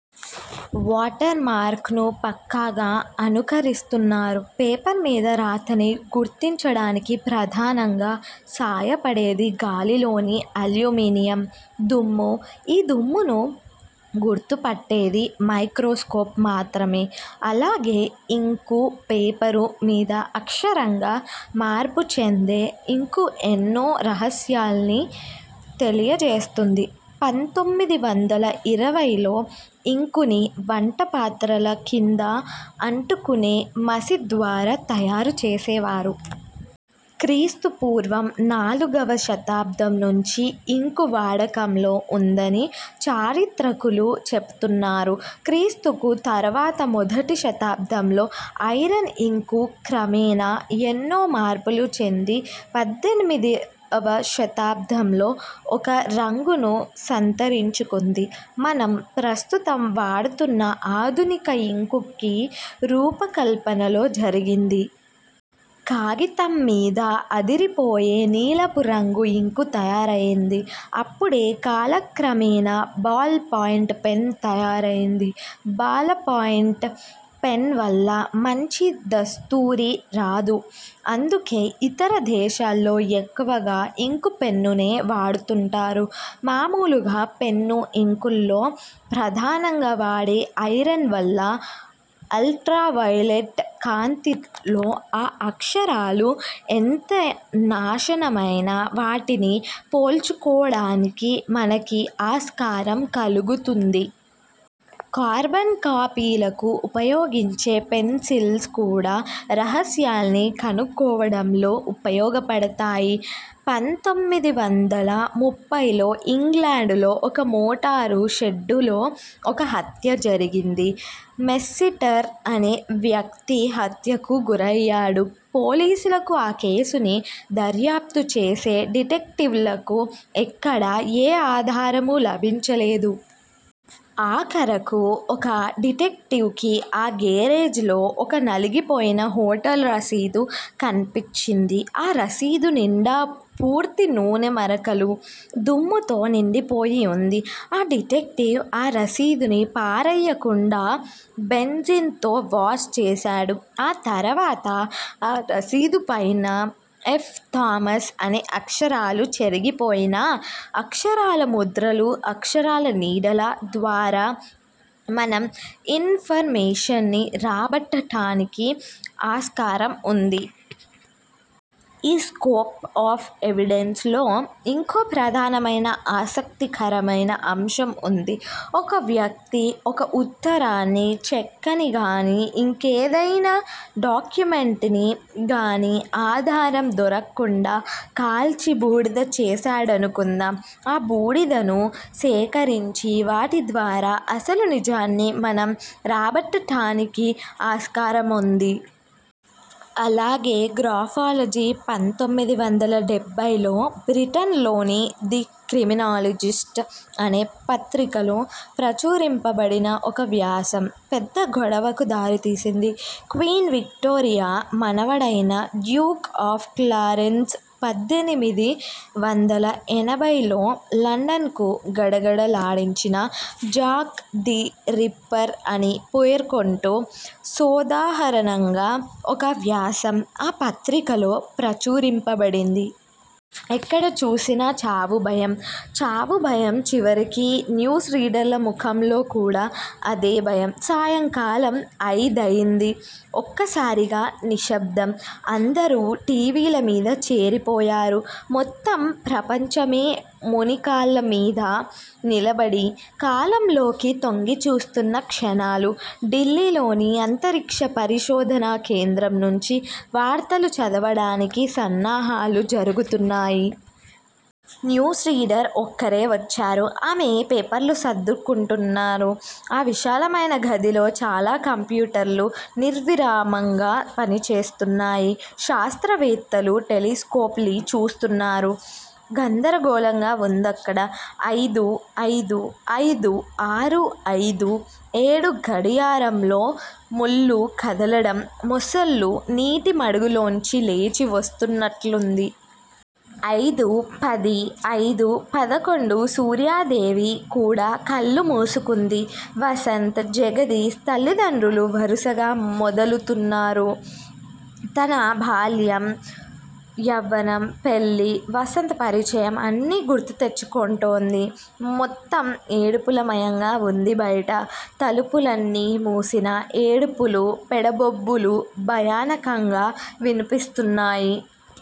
Water mark ను పక్కాగా అనుకరిస్తున్నారు. పేపర్ మీద రాతని గుర్తించడానికి ప్రధానంగా సహాయపడేది గాలిలోని అల్యూమినియం దుమ్ము. ఈ దుమ్మును గుర్తుపట్టేది మైక్రోస్కోప్ మాత్రమే అలాగే ఇంకు- పేపరు మీద అక్షరంగా మార్పుచెందే ఇంకు ఎన్నో రహస్యాల్ని తెలియజేస్తుంది. పంతోమిది వందలఇరవై లో ఇంకుని వంటపాత్రల కింద అంటుకునే మసిద్వారా తయారుచేసేవారు. క్రీస్తు పూర్వం నాలుగవ శతాబ్దం నుంచి ఇంకు వాడకంలో ఉందని చారిత్రకులు చెపుతున్నారు. క్రీస్తుకు తర్వాత మొదటి శతాబ్దంలో ఐరన్ ఇంకు క్రమేణా ఎన్నో మార్పులు చెంది పద్దెనిమిది వ శతాబ్దంలో ఒక రంగును సంతరించుకుంది. మనం ప్రస్తుతం వాడుతున్న ఆధునిక ఇంకుకి రూపకల్పన లో జరిగింది. కాగితమ్మీద ఆ ధిరిపోయే నీలపురంగు ఇంకు తయారైంది అప్పుడే కాలక్రమేణా బాల్ పాయింట్ పెన్ తయారైంది. బాల పాయింట్ పెన్ వల్ల మంచి దస్తూరి రాదు- అందుకే ఇతర దేశాల్లో ఎక్కువగా ఇంకు పెన్నునే వాడుతుంటారు. మామూలుగా పెన్ను ఇంకుల్లో ప్రధానంగా వాడే ఐరన్ వల్ల, అల్ట్రా వయోలెట్ కాంతిలో ఆ అక్షరాలు, ఎంత నాశనమైనా వాటిని పోల్చుకోడానికి మనకి ఆస్కారం కలుగుతుంది. కార్బన్ కాపీలకు ఉపయోగించే పెన్సిల్స్ కూడా రహస్యాల్ని కనుక్కోవడంలో ఉపయోగపడతాయి. పంతోమిది వందల ముప్పై లో ఇంగ్లాండ్ లో ఒక మోటారు షెడ్ లో ఒక హత్య జరిగింది. మెస్సిటర్ అనే వ్యక్తి హత్యకు గురయ్యాడు. పోలీసులకు ఆ కేసుని దర్యాప్తు చేసే డిటెక్టివ్ లకు ఎక్కడా ఏ ఆధారమూ లభించలేదు. ఆఖరకు, ఒక డిటెక్టివ్ కి ఆ గేరేజ్ లో ఒక నలిగిపోయిన హోటల్ రసీదు కన్పించింది. ఆ రసీదు నిండా పూర్తిగా నూనె మరకలు, దుమ్ముతో నిండిపోయి ఉంది. ఆ డిటెక్టివ్ ఆ రసీదుని పారెయ్యకుండా, బెంజిన్ తో వాష్ చేసాడు. ఆ తర్వాత ఆ రసీదు పైన ఎఫ్ థామస్ అనే అక్షరాలు చెరిగిపోయినా, అక్షరాల ముద్రలు, అక్షరాల నీడలా ద్వారా మనం ఇన్ ఫర్ మేషన్ ని రాబట్టడానికి ఆస్కారం ఉంది. ఈ స్క్రాప్ ఆఫ్ ఎవిడెన్స్ లో ఇంకో ప్రధానమైన ఆసక్తికరమయిన అంశం ఉంది. ఒక వ్యక్తి ఒక ఉత్తరాన్ని, చెక్కని గానీ, ఇంకేదయినా డాక్యుమెంట్ ని గాని ఆధారం దొరక్కుండా కాల్చి బూడిద చేసాడనుకుందాం ఆ బూడిదను సేకరించి, వాటి ద్వారా అసలు నిజాన్ని మనం రాబట్టడానికి ఆస్కారముంది. అలాగే గ్రాఫాలజీ పంతోమిది వందల డెబ్భై లో బ్రిటన్ లోని ది క్రిమినాలజిస్ట్ అనే పత్రికలో ప్రచురింపబడిన ఒక వ్యాసం, పెద్ద గొడవకు దారితీసింది. క్వీన్ విక్టోరియా మనవడైన డ్యూక్ ఆఫ్ క్లారెన్స్, పద్దెనిమిది వందల ఎనబై లో లండన్ ను గడగడ లాడించిన జాక్ ది రిప్పర్ అని పేర్కొంటూ సోదాహరణంగా ఒక వ్యాసం ఆ పత్రికలో ప్రచురింపబడింది. ఎక్కడ చూసినా చావు భయం, చావు భయం చివరికి న్యూస్ రీడర్ల ముఖంలో కూడా అదే భయం. సాయంకాలం అయిదయింది. ఒక్కసారిగా నిశ్శబ్దం. అందరూ టీవీల మీద చేరిపోయారు. మొత్తం ప్రపంచమే మునికాళ్ళమీద నిలబడి కాలంలోకి తొంగిచూస్తున్న క్షణాలు. ఢిల్లీలోని అంతరిక్ష పరిశోధనా కేంద్రం నుంచి వార్తలు చదవడానికి సన్నాహాలు జరుగుతున్నాయి. న్యూస్ రీడర్ ఒక్కరే వచ్చారు. ఆమె పేపర్లు సర్దుకుంటున్నారు. ఆ విశాలమైన గదిలో చాలా కంప్యూటర్లు నిర్విరామంగా పనిచేస్తున్నాయి. శాస్త్రవేత్తలు టెలిస్కోప్ లి చూస్తున్నారు. గందరగోళంగా వుందక్కడ. అయిదూ అయిదు అయిదూ ఆరు అయిదూ ఏడు గడియారంలో ముళ్ళు కదలడం మొసళ్ళు నీటిమడుగులోంచి లేచి వస్తున్నట్లుంది. అయిదూ పది అయిదూ పదకొండు సూర్యాదేవి కూడా కళ్ళు మూసుకుంది. వసంత్, జగదీష్, తల్లిదండ్రులూ వరుసగా మెదులుతున్నారు. తన బాల్యం, యవ్వనం, పెళ్ళి, వసంత్ పరిచయం అన్నీ గుర్తు తెచ్చుకుంటోంది. మొత్తం ఏడుపుల మయంగా వుంది బయట. తలుపులన్నీ మూసినా ఏడుపులు- పెడబొబ్బలు భయానకంగా వినిపిస్తున్నాయి.